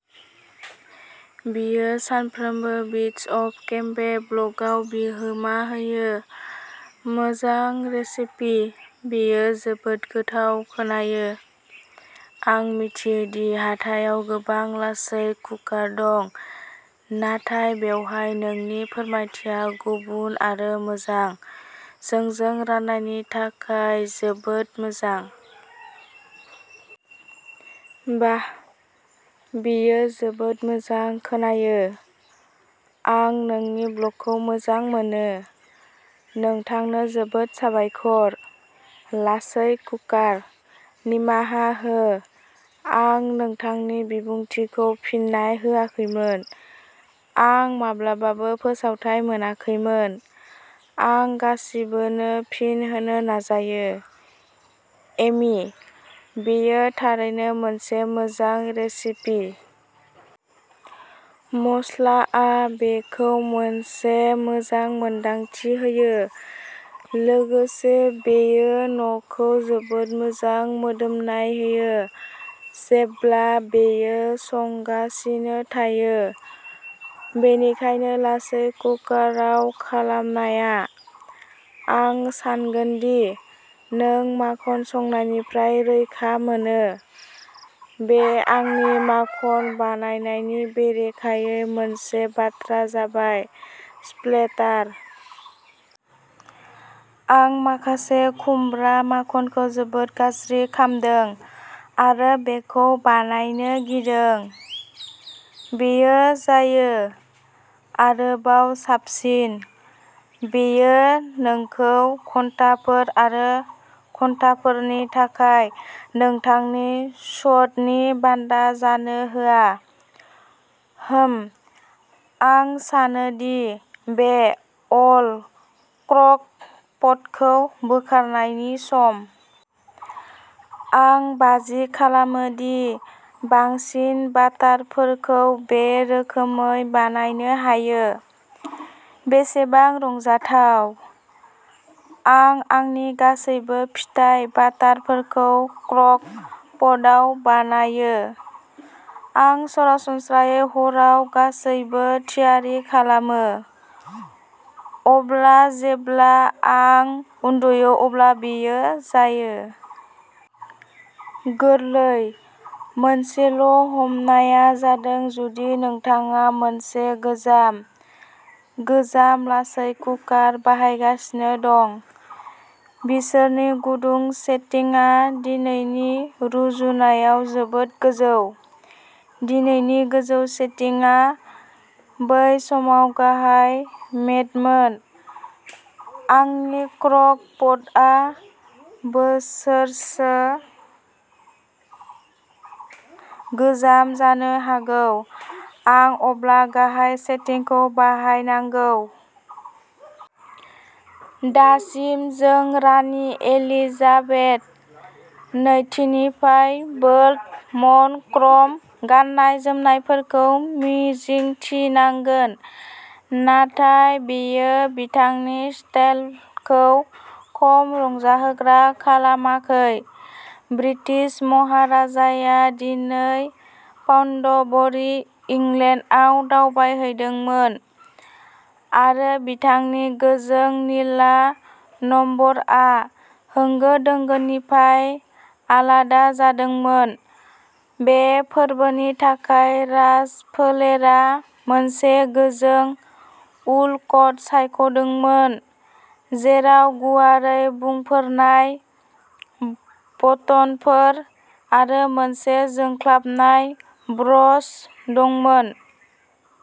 बियो सानफ्रोमबो beads of केम्बे ब्लगआव बिहोमा होयो। मोजां रेसिपि! बेयो जोबोद गोथाव खोनायो। आं मिथियो दि हाथायाव गोबां लासै कुकार दं, नाथाय बेवहाय नोंनि फोरमायथिया गुबुन आरो मोजां। जोंजों राननायनि थाखाय जोबोद मोजां! बाह, बेयो जोबोद मोजां खोनायो! आं नोंनि ब्लगखौ मोजां मोनो! नोंथांनो जोबोद साबायखर! लासै कुकार, निमाहा हो, आं नोंथांनि बिबुंथिखौ फिननाय होआखैमोन, आं माब्लाबाबो फोसावथाइ मोनाखैमोन! आं गासिबोनो फिन होनो नाजायो!: एमी, बेयो थारैनो मोनसे मोजां रेसिपि!! मस्लाआ बेखौ मोनसे मोजां मोनदांथि होयो, लोगोसे बेयो न'खौ जोबोद मोजां मोदोमनाय होयो जेब्ला बेयो संगासिनो थायो! बेनिखायनो लासै कुकाराव खालामनाया-आं सानगोन दि नों माखन संनायनिफ्राय रैखा मोनो? बे आंनि माखन बानायनायनि बेरेखायै मोनसे बाथ्रा जाबाय स्प्लेटार। आं माखासे खुमब्रा माखनखौ जोबोद गाज्रि खामदों आरो बेखौ बानायनो गिदों। बेयो जायो! आरोबाव साबसिन! बेयो नोंखौ घन्टाफोर आरो घन्टाफोरनि थाखाय नोंथांनि स्ट'वनि बान्दा जानो होआ!!! हम्म, आं सानो दि बे'अल क्र'क पट'खौ बोखारनायनि सम! आं बाजि खालामो दि बांसिन बाटारफोरखौ बे रोखोमै बानायनो हायो। बेसेबां रंजाथाव!!!! आं आंनि गासैबो फिथाइ बाटारफोरखौ क्र'क पटआव बानायो! आं सरासनस्रायै हराव गासैबो थियारि खालामो, अब्ला जेब्ला आं उन्दुयो अब्ला बेयो जायो! गोरलै! मोनसेल'हमनाया जादों जुदि नोंथाङा मोनसे गोजाम/गोजाम लासै कुकार बाहायगासिनो दं। बिसोरनि गुदुं सेटिंआ दिनैनि रुजुनायाव जोबोद गोजौ। दिनैनि गोजौ सेटिंआ बै समाव गाहाय-मेडमोन! आंनि क्र'क पटआ बोसोरसो गोजाम-जानो हागौ आं अब्ला गाहाय सेटिंखौ बाहायनांगौ? दासिम जों रानि एलिजाबेथ नैथिनिफ्राय बोल्ड मन'क्र'म गाननाय-जोमनायफोरखौ मिजिंथिनांगोन, नाथाय बेयो बिथांनि स्टाइलखौ खम रंजाहोग्रा खालामाखै। ब्रिटिश महाराजाया दिनै पाउन्डबरी, इंलेन्डआव दावबायहैदोंमोन, आरो बिथांनि गोजों निला नम्बरआ होंगो-दोंगोनिफ्राय आलादा जादोंमोन। बे फोरबोनि थाखाय, राजफोलेरा मोनसे गोजों उल कट सायख'दोंमोन जेराव गुवारै बुंफोरनाय बटनफोर आरो मोनसे जोंख्लाबनाय ब्र'च दंमोन।